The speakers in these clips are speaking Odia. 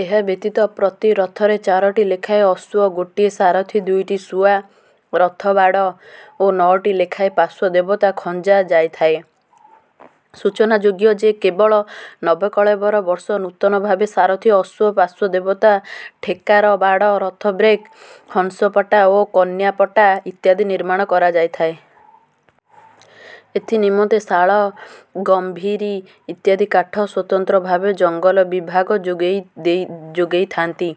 ଏହା ବ୍ୟତୀତ ପ୍ରତି ରଥରେ ଚାରୋଟି ଲେଖାଏଁ ଅଶ୍ୱ, ଗୋଟିଏ ସାରଥୀ, ଦୁଇଟି ଶୁଆ, ରଥବାଡ଼ ଓ ନଅଟି ଲେଖାଏଁ ପାର୍ଶ୍ୱ ଦେବତା ଖଞ୍ଜା ଯାଇଥାଏ। ସୂଚନାଯୋଗ୍ୟ ଯେ, କେବଳ ନବକଳେବର ବର୍ଷ ନୂତନ ଭାବେ ସାରଥୀ, ଅଶ୍ୱ, ପାର୍ଶ୍ୱ ଦେବତା, ଠେକରା ବାଡ଼, ରଥବ୍ରେକ୍, ହଂସପଟା ଓ କନ୍ୟାପଟା ଇତ୍ୟାଦି ନିର୍ମାଣ କରାଯାଇଥାଏ। ଏଥି ନିମନ୍ତେ ଶାଳ, ଗମ୍ଭାରୀ ଇତ୍ୟାଦି କାଠ ସ୍ୱତନ୍ତ୍ର ଭାବେ ଜଙ୍ଗଲ ବିଭାଗ ଯୋଗାଇଥାନ୍ତି।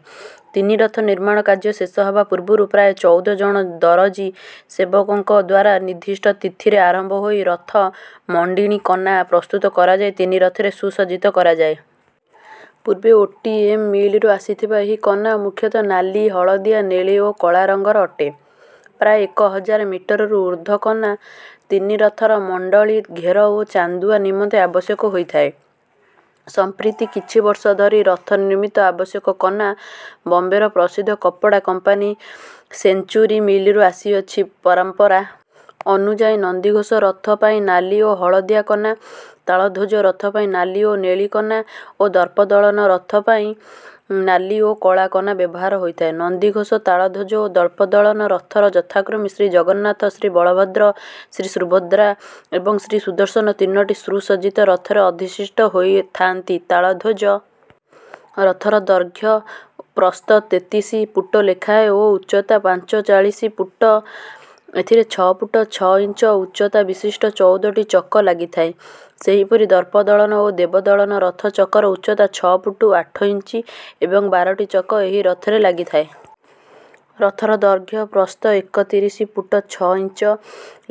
ତିନି ରଥ ନିର୍ମାଣ କାର୍ଯ୍ୟ ଶେଷ ହେବା ପୂର୍ବରୁ ପ୍ରାୟ ଚଉଦ ଜଣ ଦରଜୀ ସେବକଙ୍କ ଦ୍ୱାରା ନିର୍ଦ୍ଦିଷ୍ଟ ତିଥିରେ ଆରମ୍ଭ ହୋଇ ରଥ ମଣ୍ଡିଣି କନା ପ୍ରସ୍ତୁତ କରାଯାଇ ତିନି ରଥରେ ସୁସଜ୍ଜିତ କରାଯାଏ। ପୂର୍ବେ ଓ.ଟି.ଏମ୍. ମିଲ୍‌ରୁ ଆସୁଥିବା ଏହି କନା ମୁଖ୍ୟତଃ ନାଲି, ହଳଦିଆ, ନେଳି ଓ କଳା ରଙ୍ଗର ଅଟେ। ପ୍ରାୟ ଏକ ହଜାର ମିଟରରୁ ଊର୍ଦ୍ଧ୍ୱ କନା ତିନି ରଥର ମଣ୍ଡଣି, ଘେର ଓ ଚାନ୍ଦୁଆ ନିମନ୍ତେ ଆବଶ୍ୟକ ହୋଇଥାଏ। ସମ୍ପ୍ରତି କିଛି ବର୍ଷ ଧରି ରଥ ନିମିତ୍ତ ଆବଶ୍ୟକ କନା ବମ୍ବେର ପ୍ରସିଦ୍ଧ କପଡ଼ା କମ୍ପାନୀ ସେଞ୍ଚୁରୀ ମିଲ୍‌ରୁ ଆସୁଅଛି। ପରମ୍ପରା ଅନୁଯାୟୀ ନନ୍ଦିଘୋଷ ରଥ ପାଇଁ ନାଲି ଓ ହଳଦିଆ କନା, ତାଳଧ୍ୱଜ ରଥ ପାଇଁ ନାଲି ଓ ନେଳି କନା ଓ ଦର୍ପଦଳନ ରଥ ପାଇଁ ନାଲି ଓ କଳା କନା ବ୍ୟବହାର ହୋଇଥାଏ। ନନ୍ଦିଘୋଷ, ତାଳଧ୍ୱଜ ଓ ଦର୍ପଦଳନ ରଥରେ ଯଥାକ୍ରମେ ଶ୍ରୀଜଗନ୍ନାଥ, ଶ୍ରୀବଳଭଦ୍ର, ଶ୍ରୀସୁଭଦ୍ରା ଏବଂ ଶ୍ରୀସୁଦର୍ଶନ ତିନୋଟି ସୁସଜ୍ଜିତ ରଥରେ ଅଧିଷ୍ଠିତ ହୋଇଥାଆନ୍ତି। ତାଳଧ୍ୱଜ ରଥର ଦୈର୍ଘ୍ୟ-ପ୍ରସ୍ଥ ତେତିଶି ଫୁଟ୍ ଲେଖାଏଁ ଓ ଉଚ୍ଚତା ପଞ୍ଚଚାଳିଶି ଫୁଟ୍। ଏଥିରେ ଛଅ ଫୁଟ୍ ଛଅ ଇଞ୍ଚ ଉଚ୍ଚତା ବିଶିଷ୍ଟ ଚଉଦଟି ଚକ ଲାଗିଥାଏ। ସେହିପରି ଦର୍ପଦଳନ ବା ଦେବଦଳନ ରଥ ଚକର ଉଚ୍ଚତା ଛଅ ଫୁଟ୍ ଆଠ ଇଞ୍ଚ ଏବଂ ବାରଟି ଚକ ଏହି ରଥରେ ଲାଗିଥାଏ। ରଥର ଦୈର୍ଘ୍ୟ ପ୍ରସ୍ଥ ଏକତିରିଶି ଫୁଟ୍ ଛଅ ଇଞ୍ଚ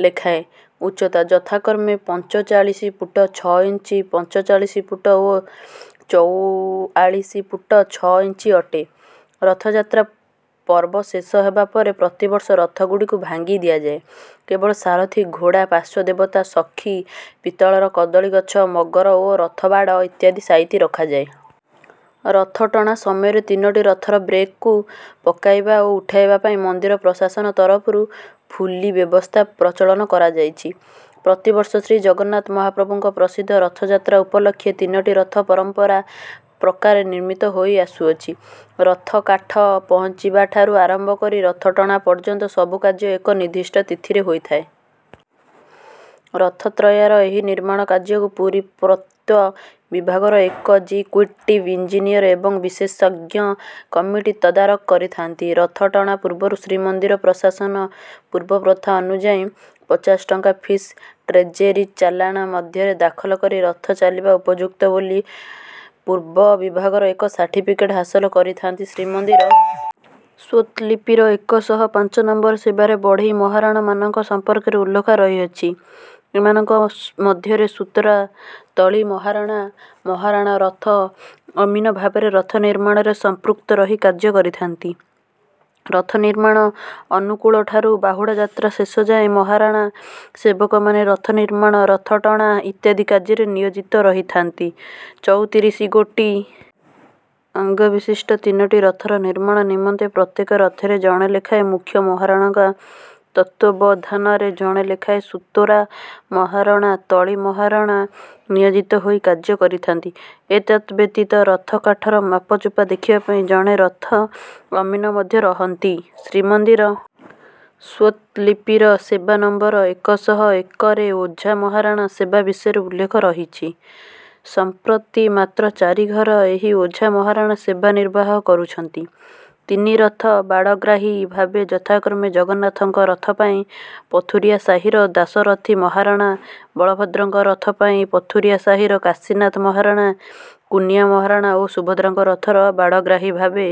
ଲେଖାଏଁ। ଉଚ୍ଚତା ଯଥାକ୍ରମେ ପଞ୍ଚଚାଳିଶି ଫୁଟ୍ ଛଅ ଇଞ୍ଚ, ପଞ୍ଚଚାଳିଶି ଫୁଟ୍ ଓ ଚଉଆଳିଶି ଫୁଟ୍ ଛଅ ଇଞ୍ଚ ଅଟେ। ରଥଯାତ୍ରା ପର୍ବ ଶେଷ ହେବା ପରେ ପ୍ରତିବର୍ଷ ରଥଗୁଡ଼ିକୁ ଭାଙ୍ଗି ଦିଆଯାଏ। କେବଳ ସାରଥୀ, ଘୋଡ଼ା, ପାର୍ଶ୍ୱ ଦେବତା, ସଖୀ, ପିତ୍ତଳର କଦଳୀ ଗଛ, ମଗର ଓ ରଥବାଡ଼ ଇତ୍ୟାଦି ସାଇତି ରଖାଯାଏ। ରଥଟଣା ସମୟରେ ତିନୋଟି ରଥର ବ୍ରେକ୍‌କୁ ପକାଇବା ଓ ଉଠାଇବା ପାଇଁ ମନ୍ଦିର ପ୍ରଶାସନ ତରଫରୁ ପୁଲି ବ୍ୟବସ୍ଥା ପ୍ରଚଳନ କରାଯାଇଛି। ପ୍ରତିବର୍ଷ ଶ୍ରୀଜଗନ୍ନାଥ ମହାପ୍ରଭୁଙ୍କ ପ୍ରସିଦ୍ଧ ରଥଯାତ୍ରା ଉପଲକ୍ଷେ ତିନୋଟି ରଥ ପରମ୍ପରା ପ୍ରକାରେ ନିର୍ମିତ ହୋଇ ଆସୁଅଛି। ରଥକାଠ ପହଞ୍ଚିବାଠାରୁ ଆରମ୍ଭ କରି ରଥଟଣା ପର୍ଯ୍ୟନ୍ତ ସବୁ କାର୍ଯ୍ୟ ଏକ ନିର୍ଦ୍ଦିଷ୍ଟ ତିଥିରେ ହୋଇଥାଏ। ରଥତ୍ରୟର ଏହି ନିର୍ମାଣ କାର୍ଯ୍ୟକୁ ପୁରୀ ପୂର୍ତ୍ତ ବିଭାଗର ଏକ୍‌ଜିକ୍ୟୁଟିଭ୍ ଇଞ୍ଜିନିୟର ଏବଂ ବିଶେଷଜ୍ଞ କମିଟି ତଦାରଖ କରିଥାନ୍ତି। ରଥଟଣା ପୂର୍ବରୁ ଶ୍ରୀମନ୍ଦିର ପ୍ରଶାସନ ପୂର୍ବ ପ୍ରଥା ଅନୁଯାୟୀ ପଚାଶ ଟଙ୍କା ଫିସ୍ ଟ୍ରେଜେରୀ ଚାଲାଣ ମାଧ୍ୟମରେ ଦାଖଲ କରି ରଥ ଚାଲିବା ଉପଯୁକ୍ତ ବୋଲି ପୂର୍ତ୍ତ ବିଭାଗରୁ ଏକ ସାର୍ଟିଫିକେଟ୍ ହାସଲ କରିଥାନ୍ତି। ଶ୍ରୀମନ୍ଦିର ସ୍ୱତ୍ତ୍ୱଲିପିର ଏକ ଶହ ପାଞ୍ଚ ନମ୍ବର ସେବାରେ ବଢ଼େଇ ମହାରଣାମାନଙ୍କ ସମ୍ପର୍କରେ ଉଲ୍ଲେଖ ରହିଅଛି। ଏମାନଙ୍କ ମଧ୍ୟରେ ସୁତାର, ତଳି ମହାରଣା, ମହାରଣା, ରଥ ଅମୀନ ଭାବରେ ରଥ ନିର୍ମାଣରେ ସଂପୃକ୍ତ ରହି କାର୍ଯ୍ୟ କରିଥାନ୍ତି। ରଥ ନିର୍ମାଣ ଅନୁକୂଳଠାରୁ ବାହୁଡ଼ା ଯାତ୍ରା ଶେଷ ଯାଏଁ ମହାରଣା ସେବକମାନେ ରଥ ନିର୍ମାଣ, ରଥଟଣା ଇତ୍ୟାଦି କାର୍ଯ୍ୟରେ ନିଯୋଜିତ ରହିଥାନ୍ତି। ଚୌତିରିଶିଗୋଟି ଅଙ୍ଗ ବିଶିଷ୍ଟ ତିନୋଟି ରଥର ନିର୍ମାଣ ନିମନ୍ତେ ପ୍ରତ୍ୟେକ ରଥରେ ଜଣେ ଲେଖାଏଁ ମୁଖ୍ୟ ମହାରଣାଙ୍କ ତତ୍ତ୍ୱାବଧାନରେ ଜଣେ ଲେଖାଏଁ ସୁତାର ମହାରଣା, ତଳି ମହାରଣା ନିୟୋଜିତ ହୋଇ କାର୍ଯ୍ୟ କରିଥାନ୍ତି। ଏତଦ୍‌ବ୍ୟତୀତ ରଥ କାଠର ମାପଚୁପ ଦେଖିବା ପାଇଁ ଜଣେ ରଥ ଅମୀନ ମଧ୍ୟ ରହନ୍ତି। ଶ୍ରୀମନ୍ଦିର ସ୍ୱତ୍ତ୍ୱଲିପିର ସେବା ନମ୍ବର ଏକ ଶହ ଏକରେ ଓଝା ମହାରଣା ସେବା ବିଷୟରେ ଉଲ୍ଲେଖ ରହିଛି। ସମ୍ପ୍ରତି ମାତ୍ର ଚାରି ଘର ଏହି ଓଝା ମହାରଣା ସେବା ନିର୍ବାହ କରୁଛନ୍ତି। ତିନି ରଥ ବାଡ଼ଗ୍ରାହୀ ଭାବେ ଯଥାକ୍ରମେ ଜଗନ୍ନାଥଙ୍କ ରଥ ପାଇଁ ପଥୁରିଆ ସାହିର ଦାଶରଥି ମହାରଣା, ବଳଭଦ୍ରଙ୍କ ରଥ ପାଇଁ ପଥୁରିଆ ସାହିର କାଶୀନାଥ ମହାରଣା, କୁନିଆ ମହାରଣା ଓ ସୁଭଦ୍ରାଙ୍କ ରଥର ବାଡ଼ଗ୍ରାହୀ ଭାବେ...